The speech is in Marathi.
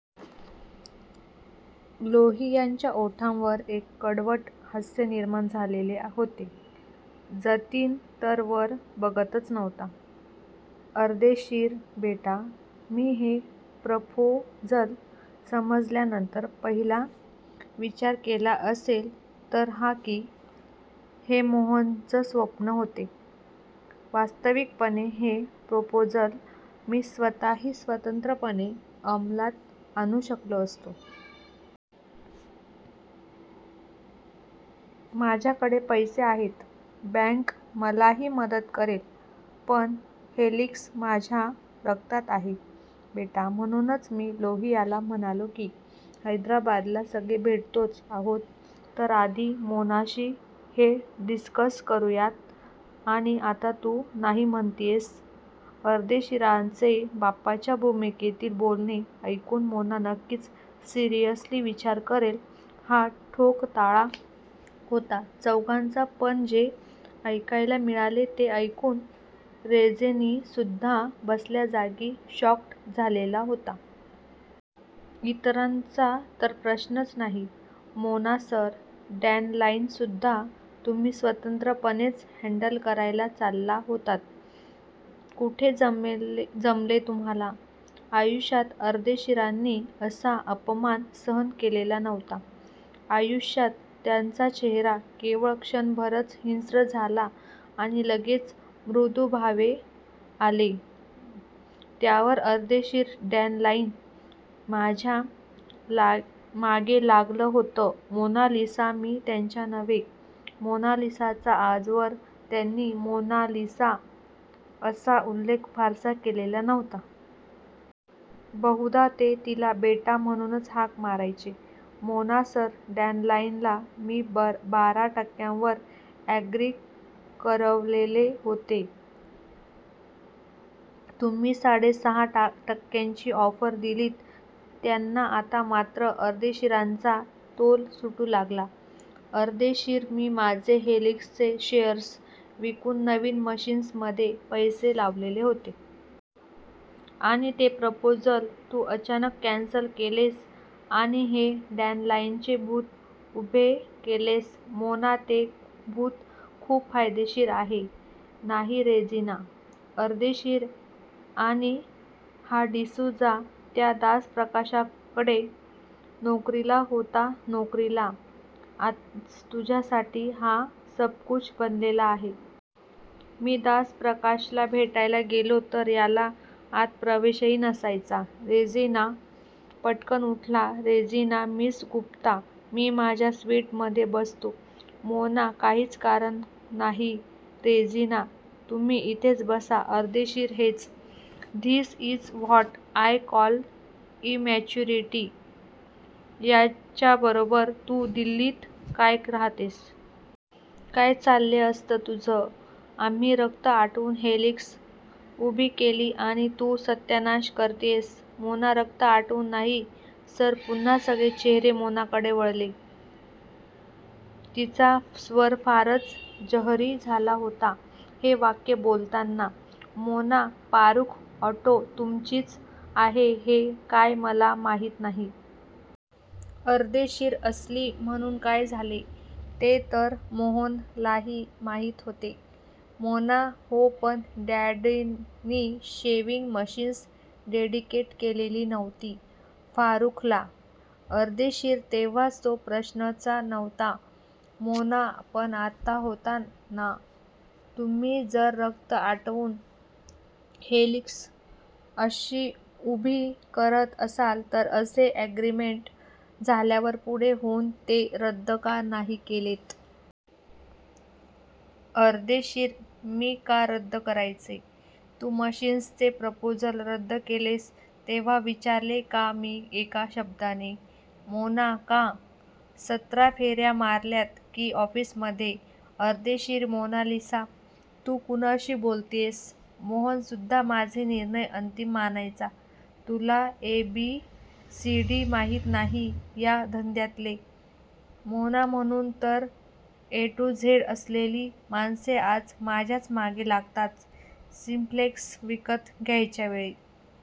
लोहियांच्या ओठांवर एक कडवट हास्य निर्माण झालेले होते. जतीन तर वर बघतच नव्हता. अर्देशीर बेटा, मी हे प्रपोजल समजल्यानंतर पहिला विचार काय केला असेल तर हा, की हे मोहनचे स्वप्न होते. वास्तविकपणे हे प्रपोजल मी स्वतःही स्वतंत्रपणे अंमलात आणू शकलो असतो. माझ्याहीकडे पैसे आहेत. बॅन्क मलाही मदत करेल पण हेलिक्स माझ्या रक्तात आहे बेटा, म्हणूनच मी लोहियाला म्हणालो की हैदराबादला सगळे भेटतोच आहोत तर आधी मोनाशी हे डिस्कस करूयात आणि आता तू नाही म्हणतीयस, अर्देशीरांचे 'बापाच्या' भूमिकेतील बोलणे ऐकून मोना नक्कीच सिरियसली विचार करेल हा ठोकताळा होता चौघांचा पण जे ऐकायला मिळाले ते ऐकून रेजिनासुद्धा बसल्याजागी शॉक्ड झालेला होता. इतरांचा तर प्रश्नच नाही.मोना सर, डॅनलाईनसुद्धा तुम्ही स्वतंत्रपणेच हॅन्डल करायला चालला होतात. कुठे जमले तुम्हाला? आयुष्यात अर्देशीरांनी असा अपमान सहन केलेला नव्हता. आयुष्यात! त्यांचा चेहरा केवळ क्षणभरच हिंस्त्र झाला आणि लगेच मृदू भाव आले त्यावर अर्देशीर डॅनलाईन माझ्या मागे लागलं होतं मोनालिसा मी त्यांच्या नव्हे, मोनालिसाचा आजवर त्यांनी 'मोनालिसा' असा उल्लेख फारसा केलेला नव्हता. बहुधा ते तिला 'बेटा' म्हणूनच हाक मारायचे. मोना सर, डॅनलाईनला मी बारा टक्यांवर अॅग्री करवलेले होते. तुम्ही साडे सहा टक्यांची ऑफर दिलीत त्यांना आता मात्र अर्देशीरांचा तोल सुटू लागला. अर्देशीर मी माझे हेलिक्सचे शेअर्स विकून नवीन मशीन्समध्ये पैसे लावलेले होते. आणि ते प्रपोजल तू अचानक कॅन्सल केलेस आणि हे डॅनलाईनचे भूत उभे केलेस. मोना ते भूत खूप फायदेशीर आहे. नाही रेजिना? अर्देशीर आणि हा डिसूझा, त्या दासप्रकाशकडे नोकरीला होता नोकरीला. आज तुझ्यासाठी हा सबकुछ बनलेला आहे. मी दासप्रकाशला भेटायला गेलो तर याला आत प्रवेशही नसायचा. रेजिना पटकन उठला, रेजिना मिस गुप्ता, मी माझ्या स्विटमध्ये बसतो. मोना काहीच कारण नाही रेजिना तुम्ही इथेच बसा. अर्देशीर हेच. This is what I call immaturity याच्याबरोबर तू दिल्लीत काय राहतेस. काय चाललेलं असतं तुझं? आम्ही रक्त आटवून हेलिक्स उभी केली आणि तू सत्यानाश करतीयस. मोना रक्त आटवून नाही सर, पुन्हा सगळे चेहरे मोनाकडे वळले. तिचा स्वर फारच जहरी झाला होता हे वाक्य बोलताना मोना फारुख ऑटो तुमचीच आहे हे काय मला माहीत नाही? अर्देशीर असली म्हणून काय झाले? ते तर मोहनलाही माहीत होते. मोना हो पण डॅडनी शेव्हिंग मशीन्स डेडिकेट केलेली नव्हती फारुखला. अर्देशीर तेव्हा तो प्रश्नच नव्हता मोना पण आत्ता होता .ना? तुम्ही जर रक्त आटवून 'हेलिक्स' उभी करत असाल तर असे अॅग्रीमेन्ट झाल्यावर पुढे होऊन ते रद्द का नाही केलेत? अर्देशीर मी का रद्द करायचे? तू मशीन्सचे प्रपोजल रद्द केलेस तेव्हा विचारले का मी एका शब्दाने? मोना का?? सतरा फेर्या मारल्यात की ऑफीसमध्ये, अर्देशीर मोनालिसा तू कुणाशी बोलतीयस? मोहन सुद्धा माझे निर्णय अंतीम मानायचा तुला ए बी सी डी माहीत नाही या धंद्यातले, मोना म्हणून तर ए टू झेड असलेली माणसे आज माझ्याच मागे लागतात सिम्प्लेक्स विकत घ्यायच्यावेळी.--